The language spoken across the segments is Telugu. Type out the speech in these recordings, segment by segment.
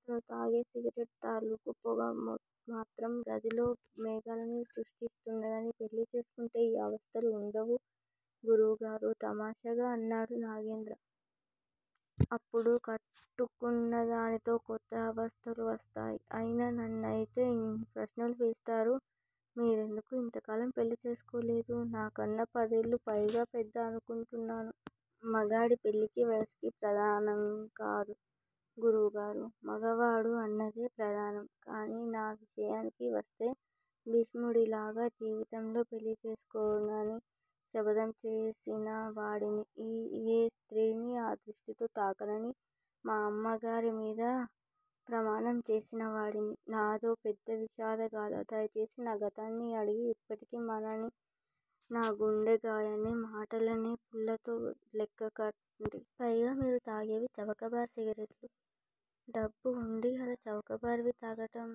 అతను తానే సిగరెట్ తాలూకు పొగమాత్రం గదిలో మేఘాలని సృష్టిస్తున్నది. పెళ్ళిచేసుకుంటే ఈ అవస్తలు వుండవు గురువుగారూ! తమాషాగా అన్నాడు నాగేంద్రం. అప్పుడు కట్టుకున్నదానితో కొత్త అవస్తలు వస్తాయి. అయినా నన్నయితే యిన్ని ప్రశ్నలు వేస్తారు. మీరెందుకు యింతకాలం పెళ్ళిచేసుకోలేదు? నాకన్నా పదేళ్ళు పైనే పెద్ద అనుకుంటాను? మగాడి పెళ్ళికి వయసు ప్రధానంకాదు గురువుగారూ! మగవాడు అన్నదే ప్రధానం. కాని నా విషయానికి వస్తే భీష్ముడిలాగా జీవితంలో పెళ్ళిచేసుకోనని శబధం చేసిన వాడిని. ఏ స్త్రీని ఆ దృష్టితో తాకనని మా అమ్మగారి మీద ప్రమాణం చేసినవాడిని నాదో పెద్ద విషాదగాధ. దయచేసి నా గతాన్ని అడిగి ఎప్పటికీ మానని నా గుండె గాయాన్ని మాటలనే పుల్లతో కెలక్కండి. పైగా మీరు తాగేవి చవకబారు సిగరెట్లు. డబ్బు వుండి అలా చౌకబరువి తాగటం?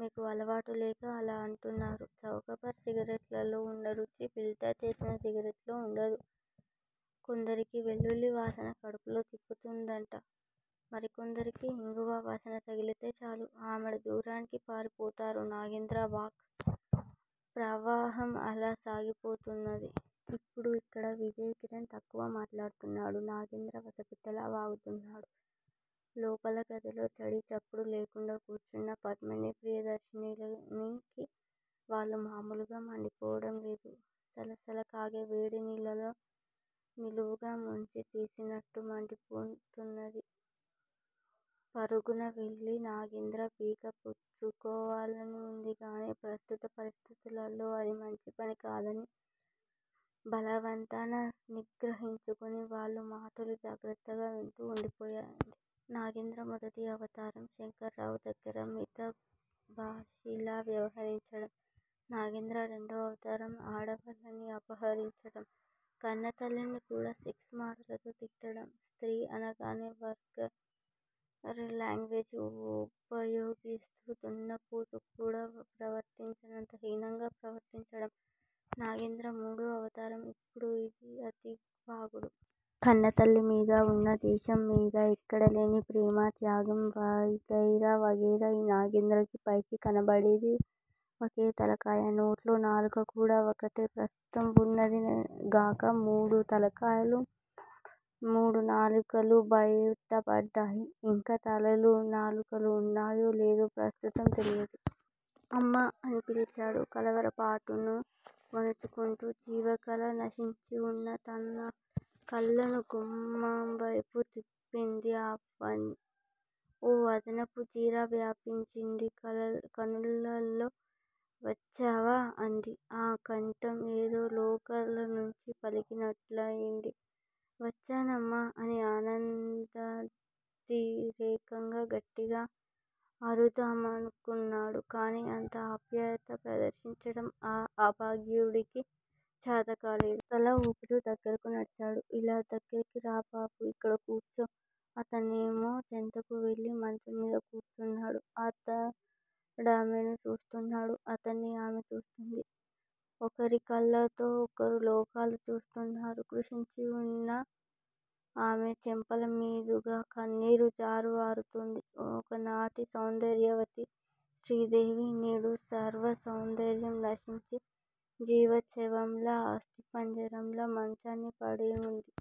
మీకు అలవాటులేక అలా అంటున్నారు. చౌకబారు సిగరెట్లలో వున్న రుచి ఫిల్టర్ చేసిన సిగరెట్ లో వుండదు. కొందరికి వెల్లుల్లివాసన కడుపులో తిప్పుతుందట. మరికొందరు ఇంగువ వాసన తగిలితే చాలు ఆమడదూరానికి పారిపోతారు నాగేంద్రం వాక్ ప్రవాహం అలా సాగిపోతున్నది. ఇప్పుడు ఇక్కడ విజయ్ కిరణ్ తక్కువ మాట్లాడుతున్నాడు. నాగేంద్రం వసపిట్టలా వాగుతున్నాడు. లోపల గదిలో చడీచప్పుడు లేకుండా కూర్చున్న పద్మినిప్రియదర్శినికి వళ్ళు మామూలుగా మండిపోవటం లేదు. సలసలకాగే వేడి నీళ్ళలో నిలువునా ముంచి తీసినట్లు మాడిపోతున్నది. పరుగునవెళ్ళి నాగేంద్రం పీక పుచ్చుకోవాలని వుందిగాని ప్రస్తుత పరిస్థితులలో అది మంచిపని కాదని బలవంతాన నిగ్రహించుకుని వాళ్ళ మాటలు జాగ్రత్తగా వింటూ వుండిపోయింది. నాగేంద్రం మొదటి అవతారం శంకర్రావు దగ్గర మితభాషిలా వ్యవహరించటం. నాగేంద్రం రెండో అవతారం ఆడవాళ్ళని అపహరించటం. కన్నతల్లిని కూడా సెక్స్ మాటలతో తిట్టటం. స్త్రీ అనగానే వల్గర్ లాంగ్వేజి వుపయోగిస్తూ దున్నపోతు కూడా ప్రవర్తించనంత హీనంగా ప్రవర్తించటం. నాగేంద్రం మూడో అవతారం ఇప్పుడు యిది. అతివాగుడు. కన్నతల్లి మీద, ఉన్న దేశం మీద ఎక్కడలేని ప్రేమ త్యాగం వగైరా వగైరా. ఈ నాగేంద్రంకి పైకి కనబడేది వకేతలకాయ. నోట్లో నాలుక కూడా వకటే. ప్రస్తుతం వున్నది గాక మూడు తలకాయలు, మూడు నాలుకలు బైటపడ్డాయి. ఇంకా తలలు నాలుకలు వున్నాయో లేదో ప్రస్తుతం తెలియదు. అమ్మా! అని పిలిచాడు కలవరపాటును అణుచుకుంటూ. జీవకళ నశించివున్న తనకళ్ళను గుమ్మంవైపు త్రిప్పింది ఆ ప్రాణి. ఓ ఆనందపు జీర వ్యాపించింది కనులలో. వచ్చావా? అంది. ఆ కంఠం ఏదో లోకాలనుంచి పలికినట్లయింది. వచ్చానమ్మా అని ఆనందాతిరేకంతో గట్టిగా అరుద్దామనుకున్నాడు. కాని అంత ఆప్యాయత ప్రదర్శించటం ఆ అభాగ్యుడికి చేతకాలేదు. తల ఊపుతూ దగ్గరకు నడిచాడు. ఇలా దగ్గరకు రా బబో ఇక్కడ కూర్చో. అతనామె చెంతకు వెళ్ళి మంచంమీద కూర్చున్నాడు. అతడామెను చూస్తున్నాడు. అతన్ని ఆమె చూస్తోంది. ఒకరికళ్ళతో ఒకరు లోకాలు చూసుకుంటున్నారు. కృశించిపోయివున్న ఆమె చెంపలమీదుగా కన్నీరు జాలువారుతోంది. ఒకనాటి సౌందర్యవతి శ్రీదేవి- నేడు సర్వ సౌందర్యం నశించి, జీవచ్చవంలా, అస్థిపంజరంలా మంచాన పడివుంది.